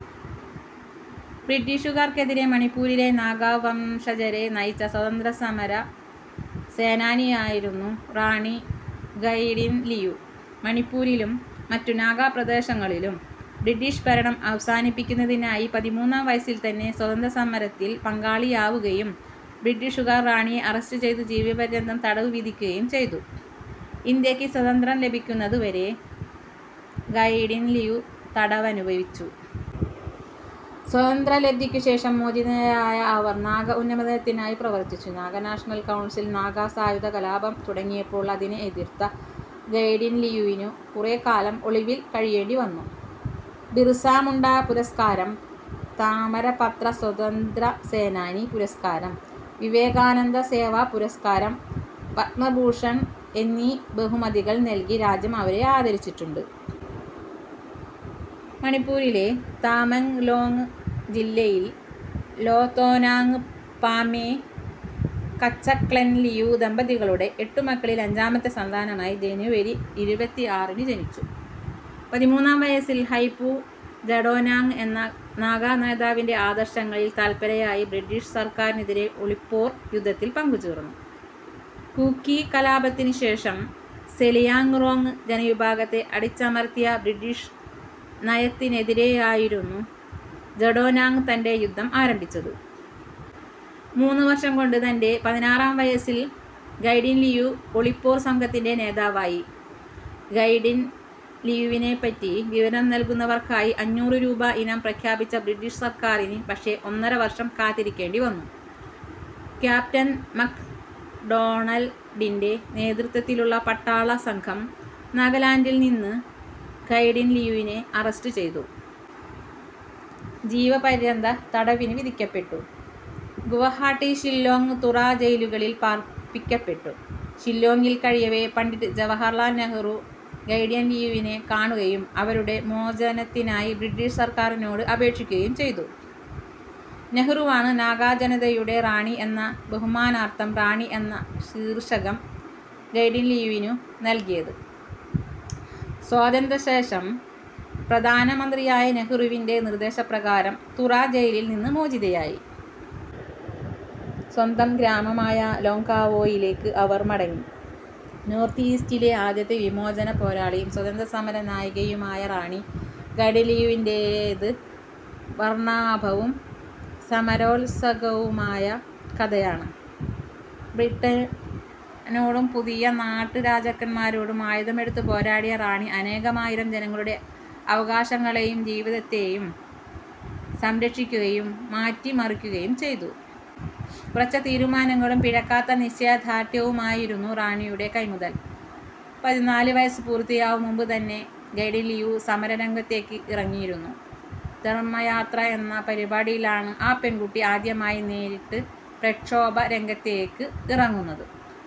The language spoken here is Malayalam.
ബ്രിട്ടീഷുകാർക്കെതിരെ മണിപ്പൂരിലെ നാഗാ വംശജരെ നയിച്ച സ്വാതന്ത്ര്യ സമര സേനാനിയായിരുന്നു റാണി ഗൈഡിൻലിയു. മണിപ്പൂരിലും മറ്റു നാഗാ പ്രദേശങ്ങളിലും ബ്രിട്ടീഷ് ഭരണം അവസാനിപ്പിക്കുന്നതിനായി പതിമൂന്നാം വയസ്സിൽ തന്നെ സ്വാതന്ത്ര്യ സമരത്തിൽ പങ്കാളിയാവുകയും, ബ്രിട്ടീഷുകാർ റാണിയെ അറസ്റ്റ് ചെയ്തു ജീവപര്യന്തം തടവ് വിധിക്കുകയും ചെയ്തു. ഇന്ത്യക്ക് സ്വാതന്ത്ര്യം ലഭിക്കുന്നത് വരെ ഗൈഡിൻലിയു തടവനുഭവിച്ചു. സ്വാതന്ത്ര്യലബ്ധിക്കു ശേഷം മോചിതയായ അവർ നാഗ ഉന്നമനത്തിനായി പ്രവർത്തിച്ചു. നാഗാ നാഷണൽ കൌൺസിൽ നാഗാ സായുധകലാപം തുടങ്ങിയാപ്പോൾ അതിനെ എതിർത്ത ഗൈഡിൻലിയുവിനു കുറെ കാലം ഒളിവിൽ കഴിയേണ്ടി വന്നു. ബിർസാ മുണ്ട പുരസ്കാരം, താമരപത്ര സ്വാതന്ത്ര്യ സേനാനി പുരസ്കാരം, വിവേകാനന്ദ സേവാ പുരസ്കാരം, പദ്മഭൂഷൺ എന്നീ ബഹുമതികൾ നൽകി രാജ്യം അവരെ ആദരിച്ചിട്ടുണ്ട്. മണിപ്പൂരിലെ താമെങ്ങ്ലോങ് ജില്ലയിൽ ലോതോനാങ് പാമേ, കച്ചക്ലെൻലിയു ദമ്പതികളുടെ എട്ടു മക്കളിൽ അഞ്ചാമത്തെ സന്താനമായി ജനുവരി ഇരുപത്തി ആറിന് ജനിച്ചു. പതിമൂന്നാം വയസിൽ ഹൈപൂ ജടോനാങ് എന്ന നാഗാ നേതാവിൻ്റെ ആദർശങ്ങളിൽ തല്പരയായി ബ്രിട്ടീഷ് സർക്കാരിനെതിരെ ഒളിപോർ യുദ്ധത്തിൽ പങ്കുചേർന്നു. കൂക്കി കലാപത്തിനു ശേഷം സെലിയാങ്റോങ് ജനവിഭാഗത്തെ അടിച്ചമർത്തിയ ബ്രിട്ടീഷ് നയത്തിനെതിരെയായിരുന്നു ജടോനാങ് തൻ്റെ യുദ്ധം ആരംഭിച്ചത്. മൂന്നു വർഷം കൊണ്ട് തൻ്റെ പതിനാറാം വയസിൽ ഗൈഡിൻലിയു ഒളിപോർ സംഘത്തിൻ്റെ നേതാവായി. ഗൈഡിൻലിയുവിനെ പറ്റി വിവരം നൽകുന്നവർക്കായി അഞ്ഞൂറ് രൂപ ഇനാം പ്രഖ്യാപിച്ച ബ്രിട്ടീഷ് സർക്കാരിന് പക്ഷെ ഒന്നര വർഷം കാത്തിരിക്കേണ്ടിവന്നു. ക്യാപ്റ്റൻ മക് ഡോണൽഡിൻ്റെ നേതൃത്ത്വത്തിലുള്ള പട്ടാള സംഘം നാഗാലാൻഡിൽ നിന്ന് ഗൈഡിൻലിയുവിനെ അറസ്റ്റ് ചെയ്തു. ജീവപര്യന്തതടവിനു വിധിക്കപ്പെട്ടു. ഗുവഹാട്ടി, ഷില്ലോങ്ങ്, തുറാ ജയിലുകളിൽ പാർപ്പിക്കപ്പെടു. ഷില്ലോങ്ങിൽ കഴിയവെ പണ്ഡിറ്റ് ജവഹർലാൽ നെഹ്റു ഗൈഡിൻലിയുവിനെ കാണുകയും അവരുടെ മോചനത്തിനായി ബ്രിട്ടീഷ് സർക്കാരിനോട് അപേക്ഷിക്കുകയും ചെയ്തു. നെഹ്റുവാണ് നാഗാ ജനതയുടെ റാണി എന്ന ബഹുമാനാർഥം 'റാണി' എന്ന ശീർഷകം ഗൈഡിൻലിയുവിനു നൽകിയത്. സ്വാതന്ത്ര്യ ശേഷം പ്രധാന മന്ത്രിയായ നെഹ്റുൻ്റെ നിർദ്ദേശപ്രകാരം തുറാ ജയിലിൽ നിന്ന് മോചിതയായി. സ്വന്തം ഗ്രാമമായ ലോങ്ങ്കാവോയിലേക്ക് അവർ മടങ്ങി. നോർത്ത് ഈസ്റ്റിലെ ആദ്യത്തെ വിമോചന പോരാളിയും സ്വാതന്ത്യ സമര നായികയുമായ റാണി ഗൈഡിൻലിയുവിൻ്റേത് വർണാഭവും സമരോത്സുകവുമായ കഥയാണ്, ബ്രിട്ടനോടും പുതിയ നാട്ട് രാജാക്കന്മാരോടും ആയുധം എടുത്ത് പോരാടിയ റാണി അനേകമായിരം ജനങ്ങളുടെ അവകാശങ്ങളേയും ജീവിതത്തേയും സംരക്ഷിക്കുകയും മാറ്റി മറിക്കുകയും ചെയ്തു. ഉറച്ച തീരുമാനങ്ങളും പിഴക്കാത്ത നിശ്ചയ ദാർഢ്യവുമായിരുന്നു റാണിയുടെ കൈമുതൽ, പതിനാല് വയസ്സ് പൂർത്തിയാവും മുമ്പ് തന്നെ ഗൈഡിൻ ലിയു സമര രംഗത്തേക്ക് ഇറങ്ങിയിരുന്നു, ധർമ്മയാത്ര എന്ന പരിപാടിയിലാണ് ആ പെൺകുട്ടി ആദ്യമായി നേരിട്ട് പ്രക്ഷോഭ രംഗത്തേക്ക് ഇറങ്ങുന്നത്.